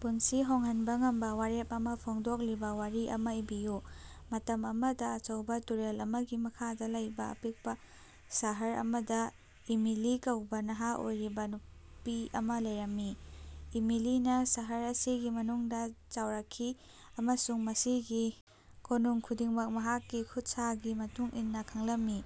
ꯄꯨꯟꯁꯤ ꯍꯣꯡꯍꯟꯕꯥ ꯉꯝꯕꯥ ꯋꯥꯔꯦꯞ ꯑꯃꯥ ꯐꯣꯡꯗꯣꯛꯂꯤꯕꯥ ꯋꯥꯔꯤ ꯑꯃꯥ ꯏꯕꯤꯌꯨ꯫ ꯃꯇꯝ ꯑꯃꯗꯥ ꯑꯆꯧꯕꯥ ꯇꯨꯔꯦꯜ ꯑꯃꯒꯤ ꯃꯈꯥꯗꯥ ꯂꯩꯕꯥ ꯑꯄꯤꯛꯄꯥ ꯁꯍꯔ ꯑꯃꯗꯥ ꯏꯃꯤꯂꯤ ꯀꯧꯕꯥ ꯅꯍꯥ ꯑꯣꯏꯔꯤꯕꯥ ꯅꯨꯄꯤ ꯑꯃꯥ ꯂꯩꯔꯝꯃꯤ꯫ ꯏꯃꯤꯂꯤꯅꯥ ꯁꯍꯔ ꯑꯁꯤꯒꯤ ꯃꯅꯨꯡꯗꯥ ꯆꯥꯎꯔꯛꯈꯤ, ꯑꯃꯁꯨꯡ ꯃꯁꯤꯒꯤ ꯀꯣꯅꯨꯡ ꯈꯨꯗꯤꯡꯃꯛ ꯃꯍꯥꯛꯀꯤ ꯈꯨꯠꯁꯥꯒꯤ ꯃꯇꯨꯡ ꯏꯟꯅꯥ ꯈꯪꯂꯝꯃꯤ꯫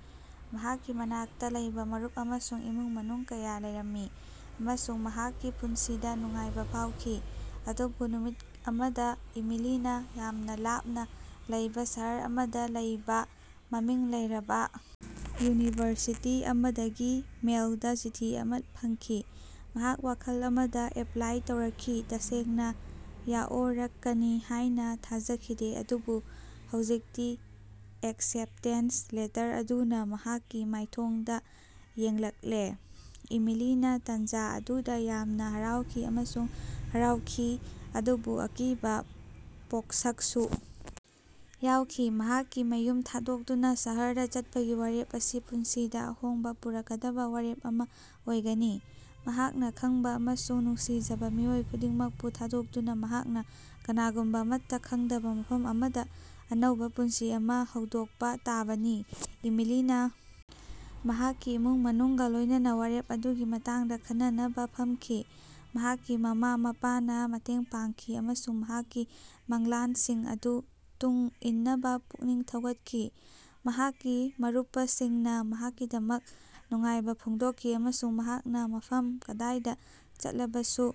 ꯃꯍꯥꯛꯀꯤ ꯃꯅꯥꯛꯇꯥ ꯂꯩꯕꯥ ꯃꯔꯨꯞ ꯑꯃꯁꯨꯡ ꯏꯃꯨꯡ ꯃꯅꯨꯡ ꯀꯌꯥ ꯂꯩꯔꯝꯃꯤ, ꯑꯃꯁꯨꯡ ꯃꯍꯥꯛꯀꯤ ꯄꯨꯟꯁꯤꯗꯥ ꯅꯨꯡꯉꯥꯏꯕꯥ ꯐꯥꯎꯈꯤ꯫ ꯑꯗꯨꯕꯨ ꯅꯨꯃꯤꯠ ꯑꯃꯗꯥ ꯏꯃꯤꯂꯤꯅꯥ ꯌꯥꯝꯅꯥ ꯂꯥꯞꯅꯥ ꯂꯩꯕꯥ ꯁꯍꯔ ꯑꯃꯗꯥ ꯂꯩꯕꯥ ꯃꯃꯤꯡ ꯂꯩꯔꯕꯥ ꯌꯨꯅꯤꯚꯔꯁꯤꯇꯤ ꯑꯃꯗꯒꯤ ꯃꯦꯜꯗꯥ ꯆꯤꯊꯤ ꯑꯃꯥ ꯐꯪꯈꯤ꯫ ꯃꯍꯥꯛ ꯋꯥꯈꯜ ꯑꯃꯗꯥ ꯑꯦꯞꯄꯂꯥꯏ ꯇꯧꯔꯛꯈꯤ, ꯇꯁꯦꯡꯅꯥ ꯌꯥꯑꯣꯔꯛꯀꯅꯤ ꯍꯥꯏꯅꯥ ꯊꯥꯖꯈꯤꯗꯦ, ꯑꯗꯨꯕꯨ ꯍꯧꯖꯤꯛꯇꯤ ꯑꯦꯛꯁꯦꯞꯇꯦꯟꯁ ꯂꯦꯇꯔ ꯑꯗꯨꯅꯥ ꯃꯍꯥꯛꯀꯤ ꯃꯥꯏꯊꯣꯡꯗꯥ ꯌꯦꯡꯂꯛꯂꯦ꯫ ꯏꯃꯤꯂꯤꯅꯥ ꯇꯥꯟꯖꯥ ꯑꯗꯨꯗꯥ ꯌꯥꯝꯅꯥ ꯍꯔꯥꯎꯈꯤ ꯑꯃꯁꯨꯡ ꯍꯔꯥꯎꯈꯤ, ꯑꯗꯨꯕꯨ ꯑꯀꯤꯕꯥ ꯄꯣꯛꯁꯛꯁꯨ ꯌꯥꯎꯈꯤ꯫ ꯃꯍꯥꯛꯀꯤ ꯃꯌꯨꯝ ꯊꯥꯗꯣꯛꯇꯨꯅꯥ ꯁꯍꯔꯗꯥ ꯆꯠꯄꯒꯤ ꯋꯥꯔꯦꯞ ꯑꯁꯤ ꯄꯨꯟꯁꯤꯗꯥ ꯑꯍꯣꯡꯕꯥ ꯄꯨꯔꯛꯀꯗꯕꯥ ꯋꯥꯔꯦꯞ ꯑꯃꯥ ꯑꯣꯏꯒꯅꯤ꯫ ꯃꯍꯥꯛꯅꯥ ꯈꯪꯕꯥ ꯑꯃꯁꯨꯡ ꯅꯨꯡꯁꯤꯖꯕꯥ ꯃꯤꯑꯣꯏ ꯈꯨꯗꯤꯡꯃꯛꯄꯨ ꯊꯥꯗꯣꯛꯇꯨꯅꯥ, ꯃꯍꯥꯛꯅꯥ ꯀꯅꯥꯒꯨꯝꯕꯥ ꯑꯃꯠꯇꯥ ꯈꯪꯗꯕꯥ ꯃꯐꯝ ꯑꯃꯗꯥ ꯑꯅꯧꯕꯥ ꯄꯨꯟꯁꯤ ꯑꯃꯥ ꯍꯧꯗꯣꯛꯄꯥ ꯇꯥꯕꯅꯤ꯫ ꯏꯃꯤꯂꯤꯅꯥ ꯃꯍꯥꯛꯀꯤ ꯏꯃꯨꯡ ꯃꯅꯨꯡꯒꯥ ꯂꯣꯏꯅꯅꯥ ꯋꯥꯔꯦꯞ ꯑꯗꯨꯒꯤ ꯃꯇꯥꯡꯗꯥ ꯈꯟꯅꯅꯕꯥ ꯐꯝꯈꯤ꯫ ꯃꯍꯥꯛꯀꯤ ꯃꯃꯥ-ꯃꯄꯥꯅꯥ ꯃꯇꯦꯡ ꯄꯥꯡꯈꯤ ꯑꯃꯁꯨꯡ ꯃꯍꯥꯛꯀꯤ ꯃꯪꯂꯥꯟꯁꯤꯡ ꯑꯗꯨ ꯇꯨꯡ ꯏꯟꯅꯕꯥ ꯄꯨꯛꯅꯤꯡ ꯊꯧꯒꯠꯈꯤ꯫ ꯃꯍꯥꯛꯀꯤ ꯃꯔꯨꯄꯁꯤꯡꯅꯥ ꯃꯍꯥꯛꯀꯤꯗꯃꯛ ꯅꯨꯡꯉꯥꯏꯕꯥ ꯐꯣꯡꯗꯣꯛꯈꯤ ꯑꯃꯁꯨꯡ ꯃꯍꯥꯛꯅꯥ ꯃꯐꯝ ꯀꯗꯥꯏꯗꯥ ꯆꯠꯂꯕꯁꯨ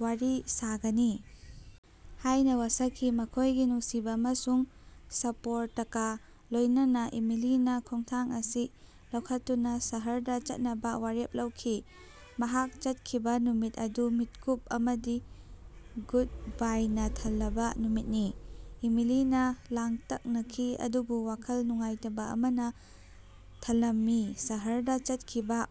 ꯋꯥꯔꯤ ꯁꯥꯒꯅꯤ ꯍꯥꯏꯅꯥ ꯋꯥꯁꯛꯈꯤ꯫ ꯃꯈꯣꯏꯒꯤ ꯅꯨꯡꯁꯤꯕꯥ ꯑꯃꯁꯨꯡ ꯁꯄꯣꯔꯇꯀꯥ ꯂꯣꯏꯅꯅꯥ ꯏꯃꯤꯂꯤꯅꯥ ꯈꯣꯡꯊꯥꯡ ꯑꯁꯤ ꯂꯧꯈꯠꯇꯨꯅꯥ ꯁꯍꯔꯗꯥ ꯆꯠꯅꯕꯥ ꯋꯥꯔꯦꯞ ꯂꯧꯈꯤ꯫ ꯃꯍꯥꯛ ꯆꯠꯈꯤꯕꯥ ꯅꯨꯃꯤꯠ ꯑꯗꯨ ꯃꯤꯠꯀꯨꯞ ꯑꯃꯗꯤ ꯒꯨꯗꯕꯥꯏꯅꯥ ꯊꯜꯂꯕꯥ ꯅꯨꯃꯤꯠꯅꯤ꯫ ꯏꯃꯤꯂꯤꯅꯥ ꯂꯥꯡꯇꯛꯅꯈꯤ, ꯑꯗꯨꯕꯨ ꯋꯥꯈꯜ ꯅꯨꯡꯉꯥꯏꯇꯕꯥ ꯑꯃꯅꯥ ꯊꯜꯂꯝꯃꯤ꯫ ꯁꯍꯔꯗꯥ ꯆꯠꯈꯤꯕꯥ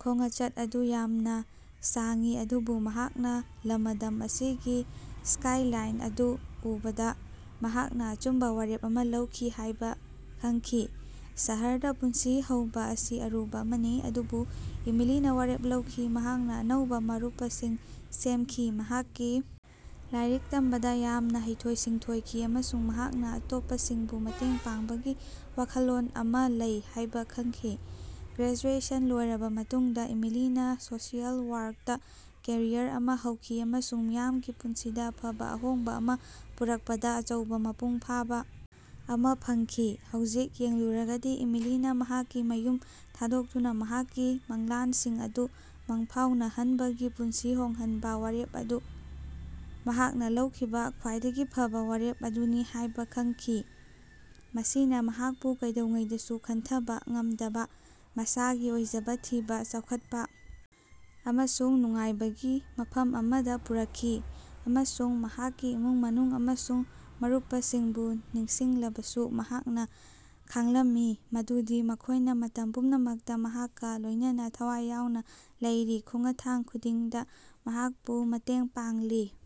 ꯈꯣꯉꯆꯠ ꯑꯗꯨ ꯌꯥꯝꯅꯥ ꯁꯥꯡꯏ ꯑꯗꯨꯕꯨ ꯃꯍꯥꯛꯅꯥ ꯂꯃꯗꯝ ꯑꯁꯤꯒꯤ ꯁ꯭ꯀꯥꯏꯂꯥꯏꯟ ꯑꯗꯨ ꯎꯕꯗꯥ ꯃꯍꯥꯛꯅꯥ ꯑꯆꯨꯝꯕꯥ ꯋꯥꯔꯦꯞ ꯑꯃꯥ ꯂꯧꯈꯤ ꯍꯥꯏꯕꯥ ꯈꯪꯈꯤ꯫ ꯁꯍꯔꯗꯥ ꯄꯨꯟꯁꯤ ꯍꯧꯕꯥ ꯑꯁꯤ ꯑꯔꯨꯕꯥ ꯑꯃꯅꯤ ꯑꯗꯨꯕꯨ ꯏꯃꯤꯂꯤꯅꯥ ꯋꯥꯔꯦꯞ ꯂꯧꯈꯤ꯫ ꯃꯍꯥꯛꯅꯥ ꯑꯅꯧꯕꯥ ꯃꯔꯨꯄꯁꯤꯡ ꯁꯦꯝꯈꯤ, ꯃꯍꯥꯛꯀꯤ ꯂꯥꯏꯔꯤꯛ ꯇꯝꯕꯗꯥ ꯌꯥꯝꯅꯥ ꯍꯩꯊꯣꯏ-ꯁꯤꯡꯊꯣꯏꯈꯤ ꯑꯃꯁꯨꯡ ꯃꯍꯥꯛꯅꯥ ꯑꯇꯣꯞꯄꯁꯤꯡꯕꯨ ꯃꯇꯦꯡ ꯄꯥꯡꯕꯒꯤ ꯋꯥꯈꯜꯂꯣꯟ ꯑꯃꯥ ꯂꯩ ꯍꯥꯏꯕꯥ ꯈꯪꯈꯤ꯫ ꯒ꯭ꯔꯦꯖꯨꯑꯦꯁꯟ ꯂꯣꯏꯔꯕꯥ ꯃꯇꯨꯡꯗꯥ ꯏꯃꯤꯂꯤꯅꯥ ꯁꯣꯁꯤꯑꯦꯜ ꯋꯥꯔꯛꯇꯥ ꯀꯦꯔꯤꯌꯔ ꯑꯃꯥ ꯍꯧꯈꯤ ꯑꯃꯁꯨꯡ ꯃꯤꯌꯥꯝꯒꯤ ꯄꯨꯟꯁꯤꯗꯥ ꯑꯐꯕꯥ ꯑꯍꯣꯡꯕꯥ ꯑꯃꯥ ꯄꯨꯔꯛꯄꯗꯥ ꯑꯆꯧꯕꯥ ꯃꯄꯨꯡ ꯐꯥꯕꯥ ꯑꯃꯥ ꯐꯪꯈꯤ꯫ ꯍꯧꯖꯤꯛ ꯌꯦꯡꯂꯨꯔꯒꯗꯤ ꯏꯃꯤꯂꯤꯅꯥ ꯃꯍꯥꯛꯀꯤ ꯃꯌꯨꯝ ꯊꯥꯗꯣꯛꯇꯨꯅꯥ ꯃꯍꯥꯛꯀꯤ ꯃꯪꯂꯥꯟꯁꯤꯡ ꯑꯗꯨ ꯃꯪꯐꯥꯎꯅꯍꯟꯕꯒꯤ ꯄꯨꯟꯁꯤ ꯍꯣꯡꯍꯟꯕꯥ ꯋꯥꯔꯦꯞ ꯑꯗꯨ ꯃꯍꯥꯛꯅꯥ ꯂꯧꯈꯤꯕꯥ ꯈ꯭ꯋꯥꯏꯗꯒꯤ ꯐꯕꯥ ꯋꯥꯔꯦꯞ ꯑꯗꯨꯅꯤ ꯍꯥꯏꯕꯥ ꯈꯪꯈꯤ꯫ ꯃꯁꯤꯅꯥ ꯃꯍꯥꯛꯄꯨ ꯀꯩꯗꯧꯉꯩꯗꯁꯨ ꯈꯟꯊꯕꯥ ꯉꯝꯗꯕꯥ ꯃꯁꯥꯒꯤ ꯑꯣꯏꯖꯕꯥ ꯊꯤꯕꯥ, ꯆꯥꯎꯈꯠꯄꯥ ꯑꯃꯁꯨꯡ ꯅꯨꯡꯉꯥꯏꯕꯒꯤ ꯃꯐꯝ ꯑꯃꯗꯥ ꯄꯨꯔꯛꯈꯤ꯫ ꯑꯃꯁꯨꯡ ꯃꯍꯥꯛꯀꯤ ꯏꯃꯨꯡ ꯃꯅꯨꯡ ꯑꯃꯁꯨꯡ ꯃꯔꯨꯄꯁꯤꯡꯕꯨ ꯅꯤꯡꯁꯤꯡꯂꯕꯁꯨ ꯃꯍꯥꯛꯅꯥ ꯈꯥꯡꯂꯝꯏ ꯃꯗꯨꯗꯤ ꯃꯈꯣꯏꯅꯥ ꯃꯇꯝ ꯄꯨꯝꯅꯃꯛꯇꯥ ꯃꯍꯥꯛꯀꯥ ꯂꯣꯏꯅꯅꯥ ꯊꯋꯥꯏ ꯌꯥꯎꯅꯥ ꯂꯩꯔꯤ, ꯈꯣꯉꯊꯥꯡ ꯈꯨꯗꯤꯡꯗꯥ ꯃꯍꯥꯛꯄꯨ ꯃꯇꯦꯡ ꯄꯥꯡꯂꯤ꯫